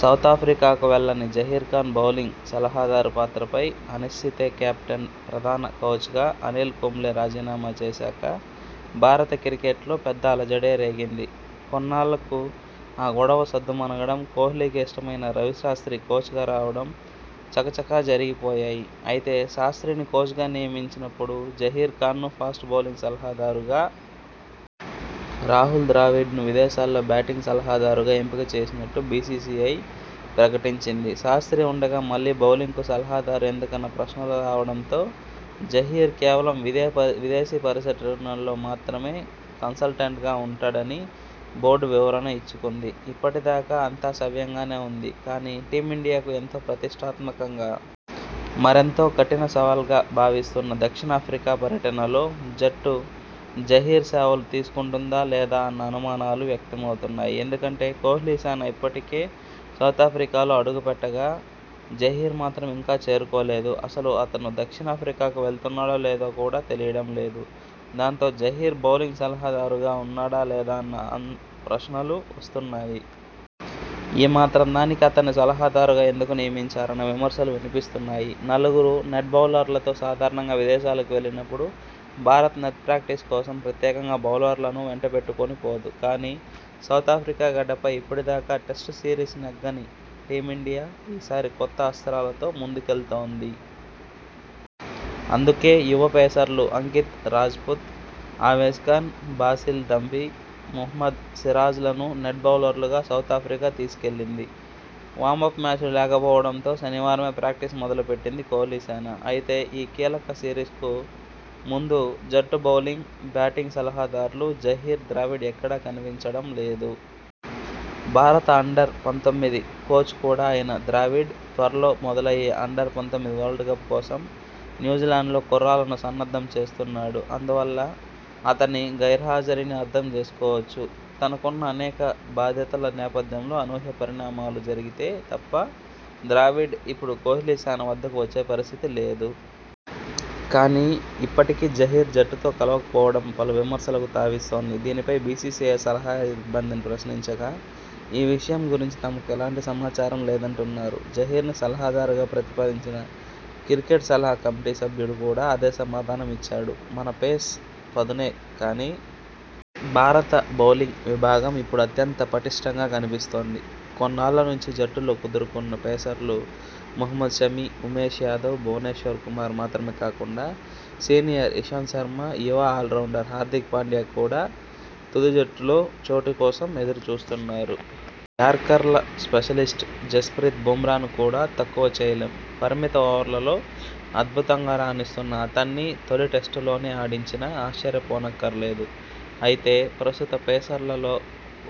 సౌతాఫ్రికాకు వెళ్లని జహీర్ఫాన్ bowling సలహాదారు పాత్రపై అనిశ్చితికేప్టౌన్ ప్రధాన కోచ్గా అనిల్ కుంబ్లే రాజీనామా చేశాక భారత క్రికెట్లో పెద్ద అలజడే రేగింది. కొన్నాళ్లకు ఆ గొడవ సద్దుమణగడం.. కోహ్లీకి ఇష్టమైన రవిశాస్ర్తి కోచ్గా రావడం చకచకా జరిగిపోయాయి. అయితే.. శాస్ర్తిని కోచ్గా నియమించి నప్పుడు జహీర్ ఖాన్ను ఫాస్ట్ బౌలింగ్ సలహాదారుగా.. రాహుల్ ద్రావిడ్ను విదేశాల్లో బ్యాటింగ్ సలహాదారుగా ఎంపిక చేసినట్టు బీసీసీఐ ప్రకటించింది. శాస్ర్తి ఉండగా.. మళ్లీ బౌలింగ్కు సలహాదారు ఎందుకన్న ప్రశ్నలు రావడంతో జహీర్ కేవలం విదేశీ పర్యటనల్లో మాత్రమే కన్సల్టెంట్గా ఉంటాడని బోర్డు వివరణ ఇచ్చుకుంది. ఇప్పటిదాకా అంతా సవ్యంగానే ఉంది. కానీ, టీమిండియాకు ఎంతో ప్రతిష్టాత్మకంగా.. మరెంతో కఠిన సవాల్గా భావిస్తున్న దక్షిణాఫ్రికా పర్యటనలో జట్టు జహీర్ సేవలు తీసుకుంటుందా లేదా అన్న అనుమానాలు వ్యక్తం అవుతున్నాయి. ఎందుకంటే కోహ్లీసేన ఇప్పటికే సౌతాఫ్రికాలో అడుగుపెట్టగా.. జహీర్ మాత్రం ఇంకా చేరుకోలేదు. అసలు అతను దక్షిణాఫ్రికాకు వెళ్తున్నాడో లేదో కూడా తెలియడం లేదు. దాంతో, జహీర్ బౌలింగ్ సలహాదారుగా ఉన్నాడా లేడా అన్న ప్రశ్నలు వస్తున్నాయి. ఈ మాత్రం దానికి అతణ్ణి సలహాదారుగా ఎందుకు నియమించారన్న విమర్శలు వినిపిస్తున్నాయి. నలుగురు నెట్ బౌలర్లతో.. సాధారణంగా విదేశాలకు వెళ్లినప్పుడు భారత్ నెట్ ప్రాక్టీస్ కోసం ప్రత్యేకంగా బౌలర్లను వెంటబెట్టుకొని పోదు. కానీ, సౌతాఫ్రికా గడ్డపై ఇప్పటిదాకా టెస్టు సిరీస్ నెగ్గని టీమిండియా ఈ సారి కొత్త అస్ర్తాలతో ముందుకెళ్తోంది. అందుకే.. యువ పేసర్లు అంకిత్ రాజ్పుత్, అవేశ్ ఖాన్, బాసిల్ థంపి, మహమ్మద్ సిరాజ్లను నెట్ బౌలర్లుగా సౌతాఫ్రికా తీసుకెళ్లింది. వామప్ మ్యాచ్లు లేకపోవడంతో.. శనివారమే ప్రాక్టీస్ మొదలు పెట్టింది కోహ్లీసేన. అయితే, ఈ కీలక సిరీస్కు ముందు జట్టు బౌలింగ్, బ్యాటింగ్ సలహాదారులు జహీర్, ద్రావిడ్ ఎక్కడా కనిపించడం లేదు. భారత అండర్-పంతొమ్మిది కోచ్ కూడా అయిన ద్రావిడ్ త్వరలో మొదలయ్యే అండర్-పంతొమ్మిది వరల్డ్ కప్ కోసం న్యూజిలాండ్లో కుర్రాళ్లను సన్నద్ధం చేస్తున్నాడు. అందువల్ల అతని గైర్హాజరీని అర్థం చేసుకోవచ్చు. తనకున్న అనేక బాధ్యతల నేపథ్యంలో అనూహ్య పరిణామాలు జరిగితే తప్ప ద్రావిడ్ ఇప్పుడు కోహ్లీసేన వద్దకు వచ్చే పరిస్థితి లేదు. కానీ, ఇప్పటికీ జహీర్ జట్టుతో కలవకపోవడం పలు విమర్శలకు తావిస్తోంది. దీనిపై బీసీసీఐ సహాయ సిబ్బందిని ప్రశ్నించగా.. ఈ విషయం గురించి తమకు ఎలాంటి సమాచారం లేదంటున్నా రు. జహీర్ను సలహాదారుగా ప్రతిపాదించిన క్రికెట్ సలహా కమిటీ సభ్యుడు కూడా అదే సమాధానం ఇచ్చారు. మన పేస్ పదునే కానీ.. భారత బౌలింగ్ విభాగం ఇప్పుడు అత్యంత పటిష్ఠంగా కనిపిస్తోంది. కొన్నాళ్ల నుంచి జట్టులో కుదురుకున్న పేసర్లు మహమ్మద్ షమి, ఉమేష్ యాదవ్, భువనేశ్వర్ కుమార్ మాత్రమే కాకుండా సీనియర్ ఇషాంత్ శర్మ, యువ ఆల్రౌండర్ హార్దిక్ పాండ్యా కూడా తుది జట్టులో చోటు కోసం ఎదురు చూస్తున్నారు. యార్కర్ల స్పెషలిస్ట్ జస్ప్రీత్ బుమ్రాను కూడా తక్కువ చేయలేం. పరిమిత ఓవర్లలో అద్భుతంగా రాణిస్తున్న అతణ్ణి తొలి టెస్టులోనే ఆడించినా ఆశ్చర్యపోనక్కర్లేదు. అయితే, ప్రస్తుత పేసర్లలో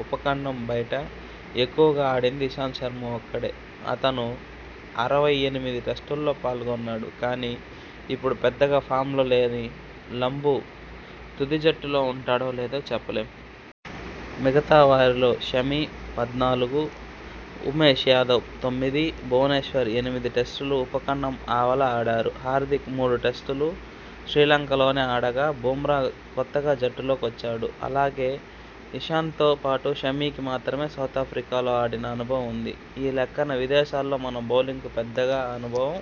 ఉపఖండం బయట ఎక్కువగా ఆడింది ఇషాంత్ శర్మ ఒక్కడే. అతను.. అరవై ఎనిమిది టెస్టుల్లో పాల్గొన్నాడు. కానీ, ఇప్పుడు పెద్దగా ఫామ్లో లేని లంబూ తుది జట్టులో ఉంటాడో లేడో చెప్పలేం. మిగతా వారిలో షమి పద్నాలుగు, ఉమేష్ యాదవ్ తొమ్మిది, భువనేశ్వర్ ఎనిమిది టెస్టులు ఉపఖండం ఆవల ఆడారు. హార్దిక్ మూడు టెస్టులు శ్రీలంకలోనే ఆడగా.. బుమ్రా కొత్తగా జట్టులో కొచ్చాడు. అలాగే, ఇషాంత్తో పాటు షమికి మాత్రమే సౌతాఫ్రికా లో ఆడిన అనుభవం ఉంది. ఈ లెక్కన విదేశాల్లో మన బౌలింగ్కు పెద్దగా అనుభవం.